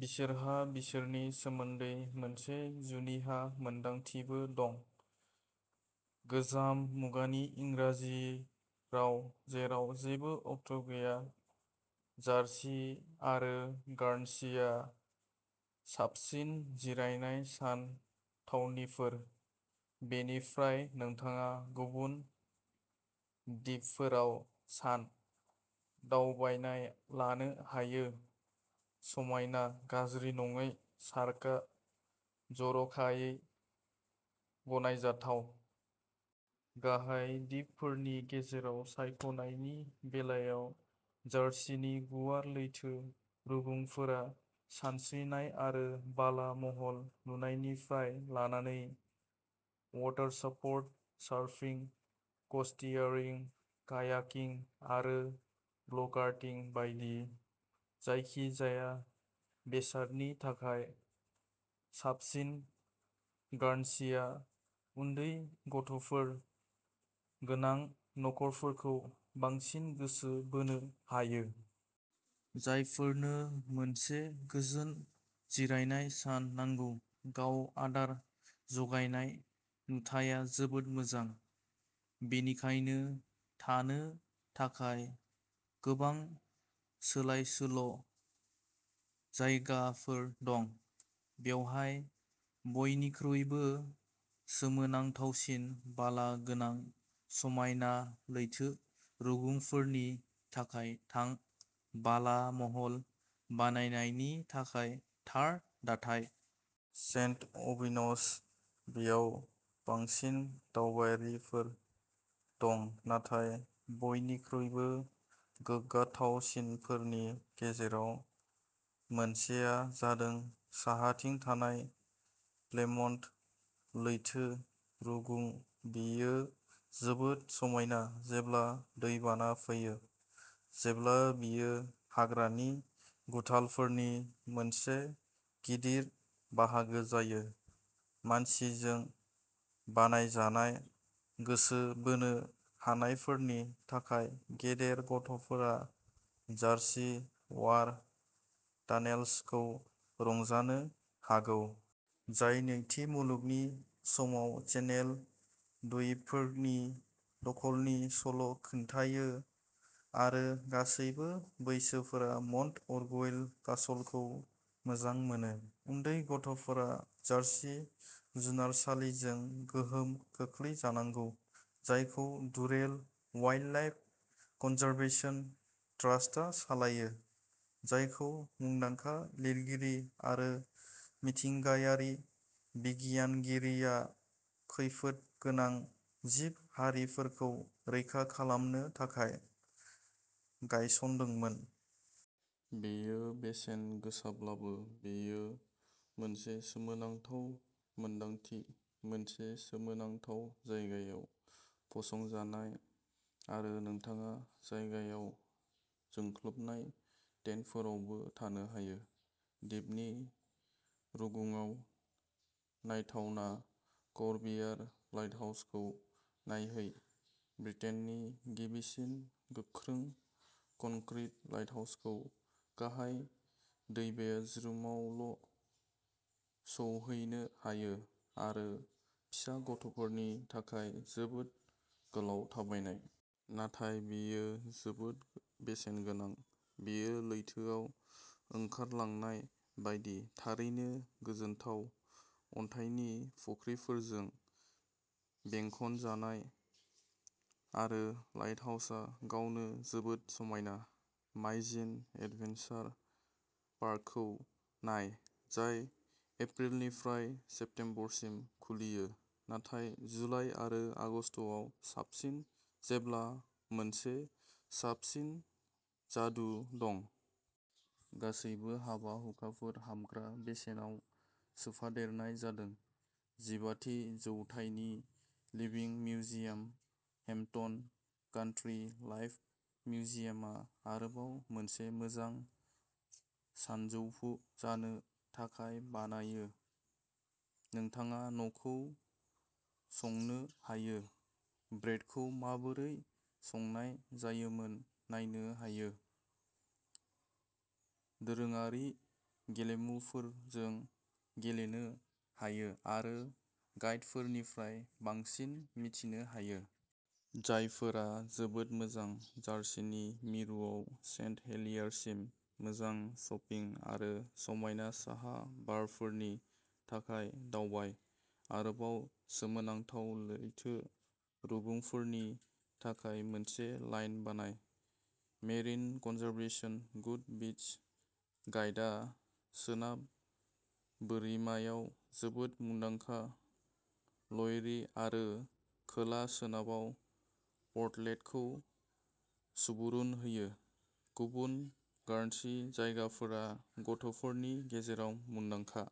बिसोरहा बिसोरनि सोमोन्दै मोनसे जुनिया मोनदांथिबो दं। गोजाम मुगानि इंराजि राव जेराव जेबो अक्ट' गैया। जारसि आरो गार्नसीआ साबसिन जिरायनाय सान थावनिफोर। बेनिफ्राय नोंथाङा गुबुन दिपफोराव सान दावबायनाय लानो हायो। समायना, गाज्रि नङै सार्कआ जर'खायै गनायजाथाव। गाहाय दिपफोरनि गेजेराव सायख'नायनि बेलायाव जारसिनि गुवार लैथो रुगुंफोरा सानस्रिनाय आरो बाला महल लुनायनिफ्राय लानानै वाटारस्प'र्ट सारफिं, क'स्टियारिं, कायाकिं आरो ब्ल'कारटिं बायदि जायखिजाया बेसादनि थाखाय साबसिन। गार्नसीआ उन्दै गथ'फोर गोनां नखरफोरखौ बांसिन गोसो बोनो हायो। जायफोरनो मोनसे गोजोन जिरायनाय सान नांगौ। गाव आदार जगायनाय नुथाया जोबोद मोजां। बेनिखायनो थानो थाखाय गोबां सोलाय-सोल' जायगाफोर दं। बेवहाय बयनिख्रुइबो सोमोनांथावसिन बाला गोनां समायना लैथो रुगुंफोरनि थाखाय थां बाला महल बानायनायनि थाखाय थार दाथाय। सेन्ट अबिन'स बेआव बांसिन दावबायारिफोर दं। नाथाय बयनिख्रुइबो गोग्गाथावसिनफोरनि गेजेराव मोनसेआ जादों साहाथिं थानाय प्लेमन्ट। लैथो रुगुं बेयो जोबोद समायना जेब्ला दैबाना फैयो। जेब्ला बेयो हाग्रानि गुथालफोरनि मोनसे गिदिर बाहागो जायो। मानसिजों बानायजानाय गोसो बोनो हानायफोरनि थाखाय गेदेर गथ'फोरा जारसि वार टानेल्सखौ रंजानो हागौ। जाय नैथि मुलुगनि समाव चेनेल दविपफोरनि दखलनि सल' खिन्थायो आरो गासैबो बैसोफोरा मन्ट अरगुइल कासलखौ मोजां मोनो। उन्दै गथ'फोरा जारसि जुनारसालिजों गोहोम खोख्लैजानांगौ। जायखौ डुरेल वाइल्डलाइफ कनजारभेशन ट्रास्टआ सालायो। जायखौ मुंदांखा लिरगिरि आरो मिथिंगायारि बिगियानगिरिया खैफोदगोनां जिब हारिफोरखौ रैखा खालामनो थाखाय गायसनदोंमोन। बेयो बेसेन गोसाब्लाबो बेयो मोनसे सोमोनांथाव मोनदांथि मोनसे सोमोनांथाव जायगायाव फसंजानाय आरो नोंथाङा जायगायाव जोंख्लाबनाय टेन्टफोरावबो थानो हायो। दिपनि रुगुंआव नायथावना कर्बिएर लाइटहाउसखौ नायहै। ब्रिटेननि गिबिसिन गोख्रों कंक्रिट लाइटहाउसखौ गाहाय दैबाज्रुमावल' सौहैनो हायो आरो फिसा गथ'फोरनि थाखाय जोबोद गोलाव थाबायनाय। नाथाय बेयो जोबोद बेसेनगोनां बेयो लैथोआव ओंखारलांनाय बायदि, थारैनो गोजोनथाव अन्थाइनि फुख्रिफोरजों बेंखनजानाय आरो लाइटहाउसा गावनो जोबोद समायना। माइजिन एडभेन्सार पार्कखौ नाय। जाय एप्रिलनिफ्राय सेप्तेम्बरसिम खुलियो। नाथाय जुलाइ आरो आगस्तआव साबसिन जेब्ला मोनसे साबसिन जादु दं। गासैबो हाबा हुखाफोर हाबग्रा बेसेनाव सोफादेरनाय जादों। जिबाथि जौथाइनि living museum Hampton country life मिउजियमा आरोबाव मोनसे मोजां सानजौफु जानो थाखाय बानायो। नोंथाङा न'खौ संनो हायो। ब्रेडखौ माबोरै संनाय जायोमोन नायनो हायो। दोरोङारि गेलेमुफोरजों गेलेनो हायो आरो गाइडफोरनिफ्राय बांसिन मिथिनो हायो। जायफोरा जोबोद मोजां। जारसिनि मिरुआव सेन्ट हेलियारसिम मोजां शपिं आरो समायना साहा बारफोरनि थाखाय दावबाय। आरोबाव सोमोनांथाव लैथो रुगुंफोरनि थाखाय मोनसे लाइन बानाय। मेरिन कनजारभेशन गुड बीच गाइडआ सोनाब बोरिमायाव जोबोद मुंदांखा ल'एरि आरो खोला-सोनाबाव परटलेटखौ सुबुरुन होयो। गुबुन गार्नसी जायगाफोरा गथ'फोरनि गेजेराव मुंदांखा।